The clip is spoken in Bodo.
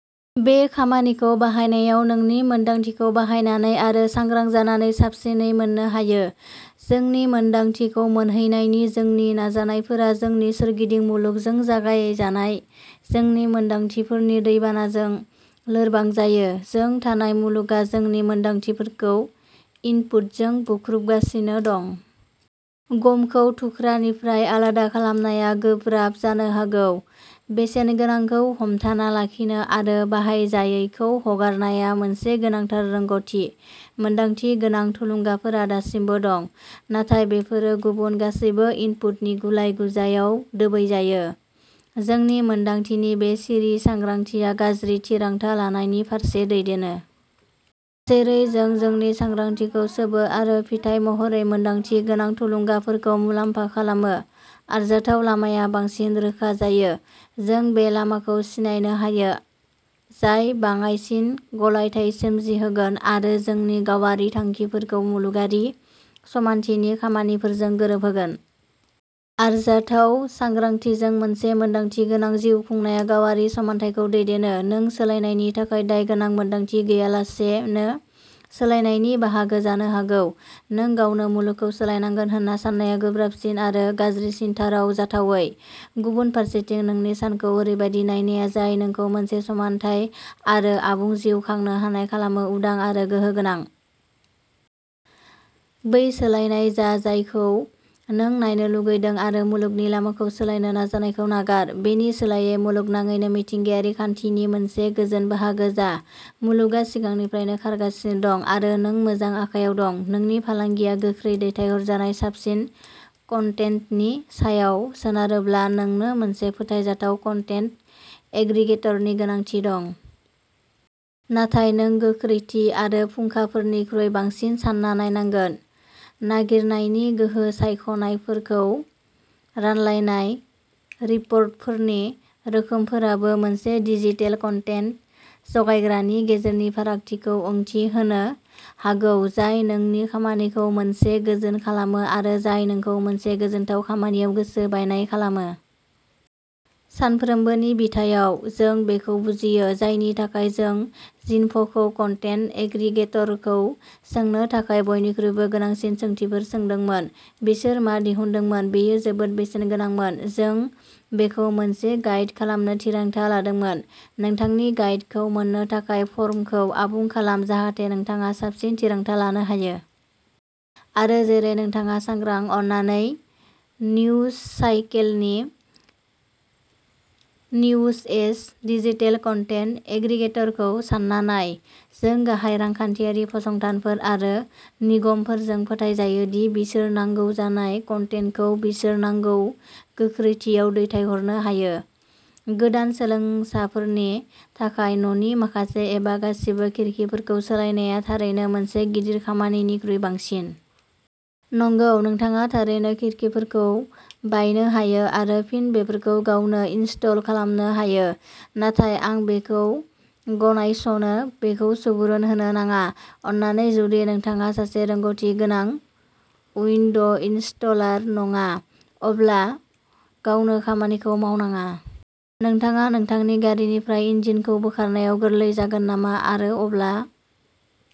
बे खामानिखौ बाहायनायाव नोंनि मोनदांथिखौ बाहायनानै आरो सांग्रां जानानै साबसिनै मोन्नो हायो। जोंनि मोनदांथिखौ मोनहैनायनि जोंनि नाजानायफोरा जोंनि सोरगिदिं मुलुगजों जगायजानाय जोंनि मोनदांथिफोरनि दैबानाजों लोरबां जायो। जों थानाय मुलुगआ जोंनि मोनदांथिफोरखौ इनपुटजों बुख्रुबगासिनो दं। गमखौ थुख्रानिफ्राय आलादा खालामनाया गोब्राब जानो हागौ। बेसेनगोनांखौ हमथाना लाखिनो आरो बाहायजायैखौ हगारनाया मोनसे गोनांथार रोंग'थि। मोनदांथि गोनां थुलुंगाफोरा दासिमबो दं, नाथाय बेफोरो गुबुन गासैबो इनपुटनि गुलाय-गुजायआव दोबैजायो। जोंनि मोनदांथिनि बे सिरि सांग्रांथिया गाज्रि थिरांथा लानायनि फारसे दैदेनो। जेरै जों जोंनि सांग्रांथिखौ सोबो आरो फिथाय महरै मोनदांथि गोनां थुलुंगाफोरखौ मुलाम्फा खालामो, आरजाथाव लामाया बांसिन रोखा जायो। जों बै लामाखौ सिनायनो हायो जाय बाङाइसिन गलायथाय सोमजिहोगोन आरो जोंनि गावारि थांखिफोरखौ मुलुगारि समानथिनि खामानिफोरजों गोरोबहोगोन। आरजाथाव सांग्रांथिजों मोनसे मोनदांथि गोनां जिउ खुंनाया गावारि समान्थायखौ दैदेनो। नों सोलायनायनि थाखाय दायगोनां मोन्दांथि गैयालासेनो सोलायनायनि बाहागो जानो हागौ। नों गावनो मुलुगखौ सोलायनांगोन होन्ना साननाया गोब्राबसिन आरो गाज्रिसिनथाराव जाथावै। गुबुन फारसेथिं, नोंनि सानखौ ओरैबायदि नायनाया जाय नोंखौ मोनसे समानथाय आरो आबुं जिउ खांनो हानाय खालामो, उदां आरो गोहो गोनां। बै सोलायनाय जा जायखौ नों नायनो लुगैदों आरो मुलुगनि लामाखौ सोलायनो नाजानायखौ नागार। बेनि सोलायै मुलुगनाङैनो मिथिंगायारि खान्थिनि मोनसे गोजोन बाहागो जा। मुलुगआ सिगांनिफ्रायनो खारगासिनो दं आरो नों मोजां आखायाव दं। नोंनि फालांगिया गोख्रै दैथायहरजानाय साबसिन कन्टेन्टनि सायाव सोनारोब्ला, नोंनो मोनसे फोथायजाथाव कन्टेन्ट एग्रिगेटरनि गोनांथि दं। नाथाय नों गोख्रैथि आरो फुंखाफोरनिख्रुइ बांसिन सान्ना नायनांगोन-नागिरनायनि गोहो, सायख'नायफोरखौ रानलायनाय, रिपर्टफोरनि रोखोमफोराबो मोनसे डिजिटेल कन्टेन्ट जगायग्रानि गेजेरनि फारागथिखौ ओंथि होनो हागौ जाय नोंनि खामानिखौ मोनसे गोजोन खालामो आरो जाय नोंखौ मोनसे गोजोनथाव खामानियाव गोसो बायनाय खालामो। सानफ्रोमबोनि बिथायाव। जों बेखौ बुजियो, जायनि थाखाय जों जिनफ'खौ कन्टेन्ट एग्रिगेटरखौ सोंनो थाखाय बयनिख्रुइबो गोनांसिन सोंथिफोर सोंदोंमोन। बिसोर मा दिहुनदोंमोन बेयो जोबोद बेसेनगोनांमोन, जों बेखौ मोनसे गाइड खालामनो थिरांथा लादोंमोन। नोंथांनि गाइडखौ मोन्नो थाखाय फर्मखौ आबुं खालाम जाहाथे नोंथाङा साबसिन थिरांथा लानो हायो।... आरो जेरै नोंथाङा सांग्रां, अन्नानै निउजसाइकेलनि निउजएज डिजिटेल कन्टेन्ट एग्रिगेटरखौ सान्ना नाय। जों गाहाय रांखान्थियारि फसंथानफोर आरो निगमफोरजों फोथायजायो दि बिसोर नांगौ जानाय कन्टेन्टखौ बिसोर नांगौ गोख्रैथियाव दैथायहरनो हायो। गोदान सोलोंसाफोरनि थाखाय, न'नि माखासे एबा गासिबो खिरखिफोरखौ सोलायनाया थारैनो मोनसे गिदिर खामानिनिख्रुइ बांसिन। नंगौ, नोंथाङा थारैनो खिरखिफोरखौ बायनो हायो आरो फिन बेफोरखौ गावनो इनस्टल खालामनो हायो, नाथाय आं बेखौ गनायस'नो, बेखौ सुबुरुन होनो नाङा। अन्नानै, जुदि नोंथाङा सासे रोंग'थि गोनां उइन्ड'इनस्टलार नङा, अब्ला गावनो खामानिखौ मावनाङा। नोंथाङा नोंथांनि गारिनिफ्राय इन्जिनखौ बोखारनायाव गोरलै जागोन नामा आरो अब्ला